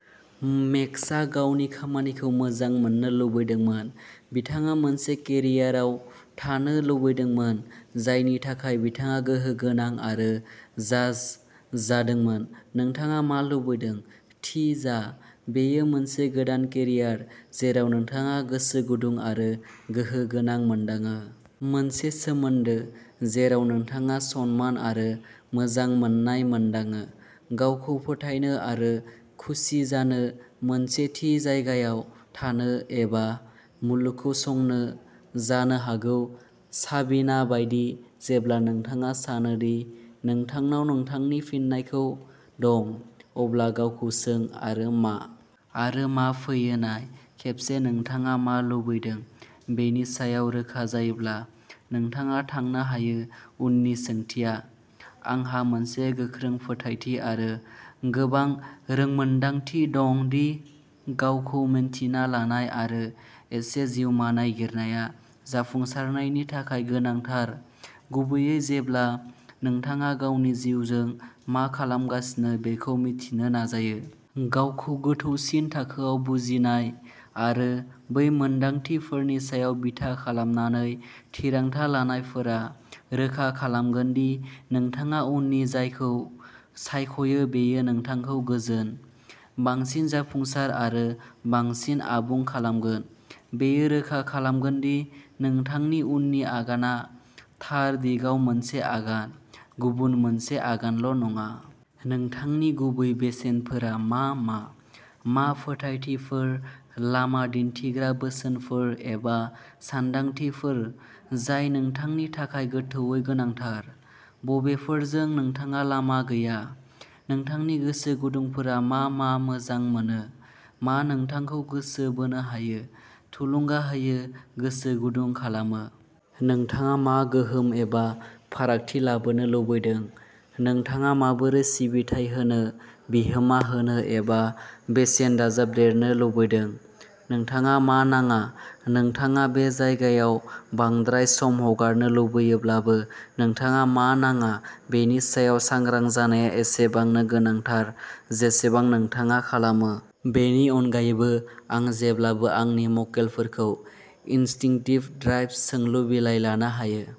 मेक्सआ गावनि खामानिखौ मोजां मोननो लुबैदोंमोन। बिथाङा मोनसे केरियार आव थानो लुबैदोंमोन जायनि थाखाय बिथाङा गोहो गोनां आरो "जाज" जादोंमोन। नोंथाङा मा लुबैदों? थि जा। बेयो मोनसे गोदान केरियार जेराव नोंथाङा गोसो गुदुं आरो गोहो गोनां मोनदाङो? मोनसे सोमोन्दो जेराव नोंथाङा सनमान आरो मोजां मोननाय मोनदाङो? गावखौ फोथायनो आरो खुसि जानो? मोनसे थि जायगायाव थानो एबा मुलुगखौ संनो? जानो हागौ, साबिना बायदि, जेब्ला नोंथाङा सानो दि नोंथांनाव नोंथांनि फिननायखौ दं, अब्ला गावखौ सों, "आरो मा? " आरो मा फैयो नाय। खेबसे नोंथाङा मा लुबैदों बेनि सायाव रोखा जायोब्ला, नोंथाङा थांनो हायो। उननि सोंथिया। आंहा मोनसे गोख्रों फोथायथि आरो गोबां रोंमोन्दांथि दं दि गावखौ-मिन्थिना लानाय आरो एसे जिउमा नागिरनाया जाफुंसारनायनि थाखाय गोनांथार-गुबैयै जेब्ला नोंथाङा गावनि जिउजों मा खालामगासिनो बेखौ मिथिनो नाजायो। गावखौ गोथौसिन थाखोआव बुजिनाय आरो बै मोनदांथिफोरनि सायाव बिथा खालामनानै थिरांथा लानायफोरा रोखा खालामगोन दि नोंथाङा उननि जायखौ सायख'यो बेयो नोंथांखौ गोजोन, बांसिन जाफुंसार आरो बांसिन आबुं खालामगोन। बेयो रोखा खालामगोन दि नोंथांनि उननि आगानआ थार दिगाव मोनसे आगान, गुबुन मोनसे आगानल'नङा। नोंथांनि गुबै बेसेनफोरा मा मा? मा फोथायथिफोर, लामा दिन्थिग्रा बोसोनफोर एबा सानदांथिफोर जाय नोंथांनि थाखाय गोथौवै गोनांथार? बबेफोरजों नोंथाङा लामा गैया? नोंथांनि गोसो गुदुंफोरा मा मा मोजां मोनो? मा नोंथांखौ गोसो बोनो हायो, थुलुंगा होयो, गोसो गुदुं खालामो? नोंथाङा मा गोहोम एबा फारागथि लाबोनो लुबैदों? नोंथाङा माबोरै सिबिथाइ होनो, बिहोमा होनो एबा बेसेन दाजाबदेरनो लुबैदों? नोंथाङा मा नाङा? नोंथाङा बे जायगायाव बांद्राय सम हगारनो लुबैयाब्लाबो, नोंथाङा मा नाङा बेनि सायाव सांग्रां जानाया एसेबांनो गोनांथार जेसेबां नोंथाङा खालामो! बेनि अनगायैबो, आं जेब्लाबो आंनि मक्केलफोरखौ इनस्टिंक्टिभ ड्राइभ्स सोंलु बिलाइ लानो होयो।